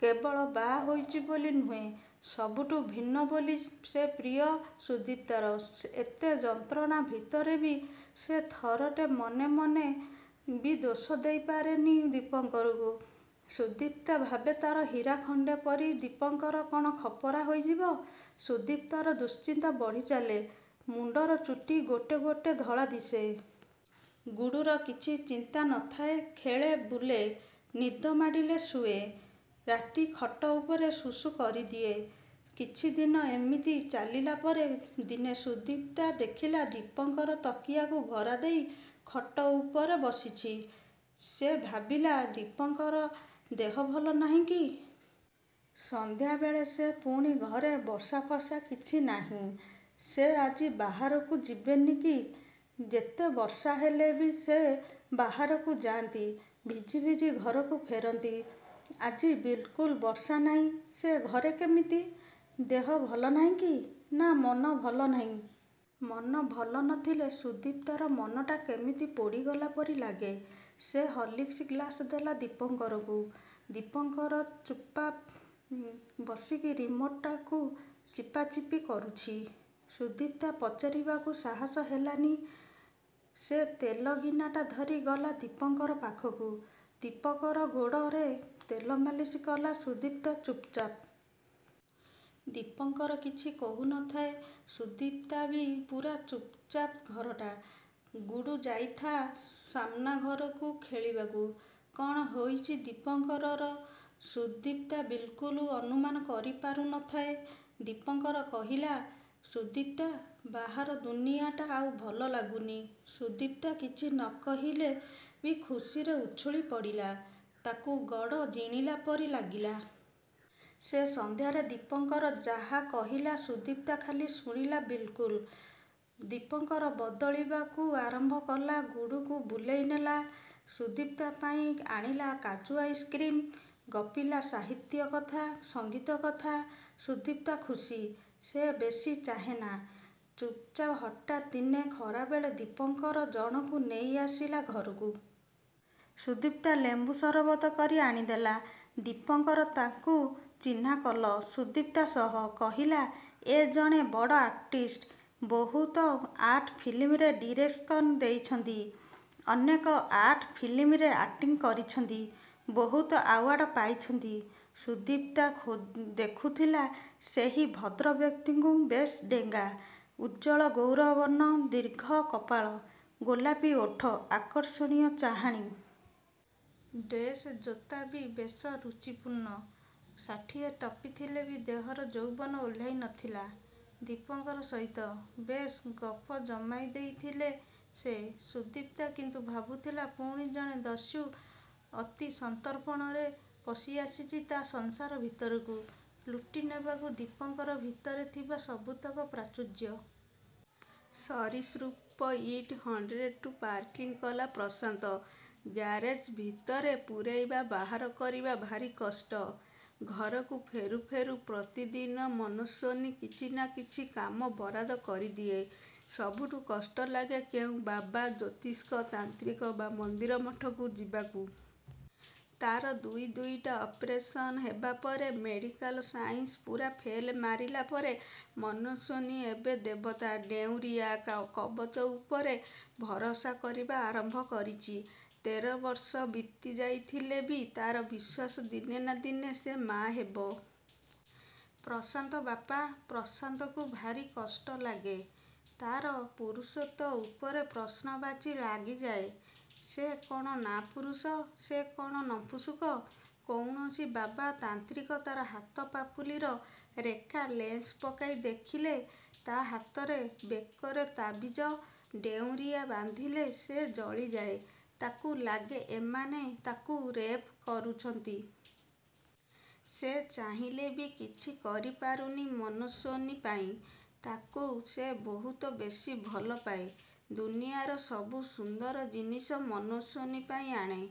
କେବଳ ବାହା ହୋଇଛି ବୋଲି ନୁହେଁ। ସବୁଠୁ ଭିନ୍ନ ବୋଲି ସେ ପ୍ରିୟ ସୁଦିପ୍ତାର। ଏତେ ଯନ୍ତ୍ରଣା ଭିତରେ ବି ସେ ଥରଟେ ମନେ ମନେ ବି ଦୋଷ ଦେଇପାରେନି ଦୀପଙ୍କରଙ୍କୁ। ସୁଦିପ୍ତା ଭାବେ ତା'ର ହୀରାଖଣ୍ଡେ ପରି ଦିପଙ୍କର କ'ଣ ଖପରା ହୋଇଯିବ। ସୁଦିପ୍ତାର ଦୁଶ୍ଚିନ୍ତା ବଢ଼ିଚାଲେ, ମୁଣ୍ଡର ଚୁଟି ଗୋଟେ ଗୋଟେ ଧଳା ଦିଶେ। ଗୁଡୁର କିଛି ଚିନ୍ତା ନ ଥାଏ ଖେଳେ ବୁଲେ, ନିଦ ମାଡ଼ିଲେ ଶୁଏ। ରାତି ଖଟ ଉପରେ ସୁସୁ କରିଦିଏ। କିଛିଦିନ ଏମିତି ଚାଲିଲା ପରେ ଦିନେ ସୁଦିପ୍ତା ଦେଖିଲା ଦୀପଙ୍କର ତକିଆକୁ ଭରାଦେଇ ଖଟ ଉପରେ ବସିଛି। ସେ ଭାବିଲା ଦୀପଙ୍କର ଦେହ ଭଲ ନାହିଁକି? ସଂଧ୍ୟାବେଳେ ସେ ପୁଣି ଘରେ ବର୍ଷାଫର୍ସା କିଛି ନାହିଁ। ସେ ଆଜି ବାହାରକୁ ଯିବେନି କି? ଯେତେ ବର୍ଷାହେଲେ ବି ସେ ବାହରକୁ ଯା'ନ୍ତି। ଭିଜି ଭିଜି ଘରକୁ ଫେରନ୍ତି। ଆଜି ବିଲକୁଲ୍ ବର୍ଷା ନାହିଁ ସେ ଘରେ କେମିତି? ଦେହ ଭଲ ନାହିଁକି? ନା ମନ ଭଲ ନାହିଁ? ମନ ଭଲ ନଥିଲେ ସୁଦିପ୍ତାର ମନଟା କେମିତି ପୋଡ଼ିଗଲା ପରି ଲାଗେ। ସେ ହଲିକ୍ସ ଗ୍ଲାସ୍ ଦେଲା ଦୀପଙ୍କରଙ୍କୁ। ଦୀପଙ୍କର ଚୁପାପ୍ ବସିକି ରିମୋଟ୍ଟାକୁ ଚିପାଚିପି କରୁଛି। ସୁଦିପ୍ତା ପଚାରିବାକୁ ସାହସ ହେଲାନି। ସେ ତେଲ ଗିନାଟା ଧରି ଗଲା ଦୀପଙ୍କର ପାଖକୁ। ଦୀପକର ଗୋଡ଼ରେ ତେଲମାଲିସ କଲା ସୁଦିପ୍ତା ଚୁପଚାପ୍। ଦୀପଙ୍କର କିଛି କହୁନଥାଏ ସୁଦିପ୍ତା ବି ପୁରା ଚୁପଚାପ୍ ଘରଟା । ଗୁଡୁ ଯାଇଥା ସାମ୍ନା ଘରକୁ ଖେଳିବାକୁ। କ'ଣ ହୋଇଛି ଦୀପଙ୍କରର ସୁଦିପ୍ତା ବିଲକୁଲ୍ ଅନୁମାନ କରିପାରୁନଥାଏ। ଦୀପଙ୍କର କହିଲା, ସୁଦିପ୍ତା ବାହାର ଦୁନିଆଟା ଆଉ ଭଲ ଲାଗୁନି। ସୁଦିପ୍ତା କିଛି ନ କହିଲେ ବି ଖୁସିରେ ଉଛୁଳି ପଡ଼ିଲା, ତାକୁ ଗଡ଼ ଜିଣିଲା ପରି ଲାଗିଲା। ସେ ସଂଧ୍ୟାରେ ଦୀପଙ୍କର ଯାହା କହିଲା ସୁଦିପ୍ତା ଖାଲି ଶୁଣିଲା ବିଲ୍କୁଲ୍ । ଦୀପଙ୍କର ବଦଳିବାକୁ ଆରମ୍ଭ କଲା ଗୁଡୁକୁ ବୁଲେଇ ନେଲା, ସୁଦିପ୍ତା ପାଇଁ ଆଣିଲା କାଜୁ ଆଇସ୍କ୍ରୀମ୍। ଗପିଲା ସାହିତ୍ୟ କଥା, ସଂଗୀତ କଥା। ସୁଦିପ୍ତା ଖୁସି। ସେ ବେଶୀ ଚାହେଁନା। ଚୁପଚାପ୍ ହଠାତ୍ ଦିନେ ଖରାବେଳେ ଦୀପଙ୍କର ଜଣକୁ ନେଇ ଆସିଲା ଘରକୁ। ସୁଦିପ୍ତା ଲେମ୍ବୁ ସରବତ କରି ଆଣିଦେଲା। ଦୀପଙ୍କର ତାଙ୍କୁ ଚିହ୍ନା କଲ। ସୁଦିପ୍ତା ସହ। କହିଲା, ଏ ଜଣେ ବଡ଼ ଆର୍ଟିଷ୍ଟ। ବହୁତ ଆର୍ଟ ଫିଲ୍ମର ଡିରେକ୍ସନ ଦେଇଛନ୍ତି। ଅନେକ ଆର୍ଟ ଫିଲ୍ମରେ ଆକ୍ଟିଂ କରିଛନ୍ତି। ବହୁତ ଆୱାଡ୍ ପାଇଛନ୍ତି। ସୁଦିପ୍ତା ଦେଖୁଥିଲା ସେହି ଭଦ୍ରବ୍ୟକ୍ତିଙ୍କୁ ବେଶ୍ ଡେଙ୍ଗା, ଉଜ୍ଜ୍ୱଳ ଗୌରବର୍ଣ୍ଣ ଦୀର୍ଘ କପାଳ, ଗୋଲାପି ଓଠ, ଆର୍ଷଣୀୟ ଚାହାଣୀ। ଡ୍ରେସ୍, ଜୋତା ବି ବେଶ ରୁଚିପୂର୍ଣ୍ଣ। ଷାଠିଏ ଟପିଥିଲେ ବି ଦେହର ଯୌବନ ଓହ୍ଲାଇନଥିଲା। ଦୀପଙ୍କର ସହିତ। ବେଶ୍ ଗପ ଜମାଇ ଦେଇଥିଲେ ସେ। ସୁଦିପ୍ତା କିନ୍ତୁ ଭାବୁଥିଲା ପୁଣି ଜଣେ ଦସ୍ୟୁ ଅତି ସନ୍ତର୍ପଣରେ ପଶି ଆସିଛି ତା' ସଂସାର ଭିତରକୁ। ଲୁଟି ନେବାକୁ ଦୀପଙ୍କର ଭିତରେ ଥିବା ସବୁତକ ପ୍ରାଚ୍ୟୁର୍ଯ୍ୟ। ସରୀସୃପ ଇଟ୍ ହଣ୍ଡ୍ରେଡ୍କୁ ପାର୍କିଂ କଲା ପ୍ରଶାନ୍ତ। ଗ୍ୟାରେଜ୍ ଭିତରେ ପୁରାଇବା ବାହାର କରିବା ଭାରି କଷ୍ଟ। ଘରକୁ ଫେରୁ ଫେରୁ ପ୍ରତିଦିନ ମନସ୍ୱିନୀ କିଛି ନା କିଛି କାମ ବରାଦ କରି ଦିଏ। ସବୁଠୁ କଷ୍ଟ ଲାଗେ କେଉଁ ବାବା, ଜ୍ୟୋତିଷ୍କ, ତାନ୍ତ୍ରିକ ବା ମନ୍ଦିର ମଠକୁ ଯିବାକୁ। ତା'ର ଦୁଇ ଦୁଇଟା ଅପରେସନ୍ ହେବା ପରେ, ମେଡ଼ିକାଲ ସାଇନ୍ସ ପୁରା ଫେଲ ମାରିଲାପରେ ମନସ୍ୱିନୀ ଏବେ ଦେବତା, ଡେଉଁରିଆ କବଚ ଉପରେ ଭରସା କରିବା ଆରମ୍ଭ କରିଚି। ତେର ବର୍ଷ ବିତି ଯାଇଥିଲେ ବି ତା'ର ବିଶ୍ୱାସ ଦିନେ ନା ଦିନେ ସେ ମା' ହେବ। ପ୍ରଶାନ୍ତ ବାପା। ପ୍ରଶାନ୍ତକୁ ଭାରି କଷ୍ଟ ଲାଗେ। ତା'ର ପୁରୁଷତ୍ୱ ଉପରେ ପ୍ରଶ୍ନବାଚୀ ଳାଗିଯାଏ। ସେ କ'ଣ ନାପୁରଷ, ସେ କ'ଣ ନଂପୁସକ। କୌଣସି ବାବା ତାନ୍ତ୍ରିକ ତା'ର ହାତ ପାପୁଲିର ରେଖା ଲେନ୍ସ ପକାଇ ଦେଖିଲେ, ତା' ହାତରେ, ବେକରେ ତାବିଜ, ଡେଉଁରିଆ ବାନ୍ଧିଲେ ସେ ଜଳିଯାଏ, ତାକୁ ଲାଗେ ଏମାନେ ତାକୁ ରେପ୍ କରୁଛନ୍ତି। ସେ ଚାହିଁଲେ ବି କିଛି କରିପାରୁନି ମନସ୍ୱିନୀ ପାଇଁ। ତାକୁ ସେ ବହୁତ ବେଶୀ ଭଲପାଏ। ଦୁନିଆର ସବୁ ସୁନ୍ଦର ଜିନିଷ ମନସ୍ୱିନୀ ପାଇଁ ଆଣେ।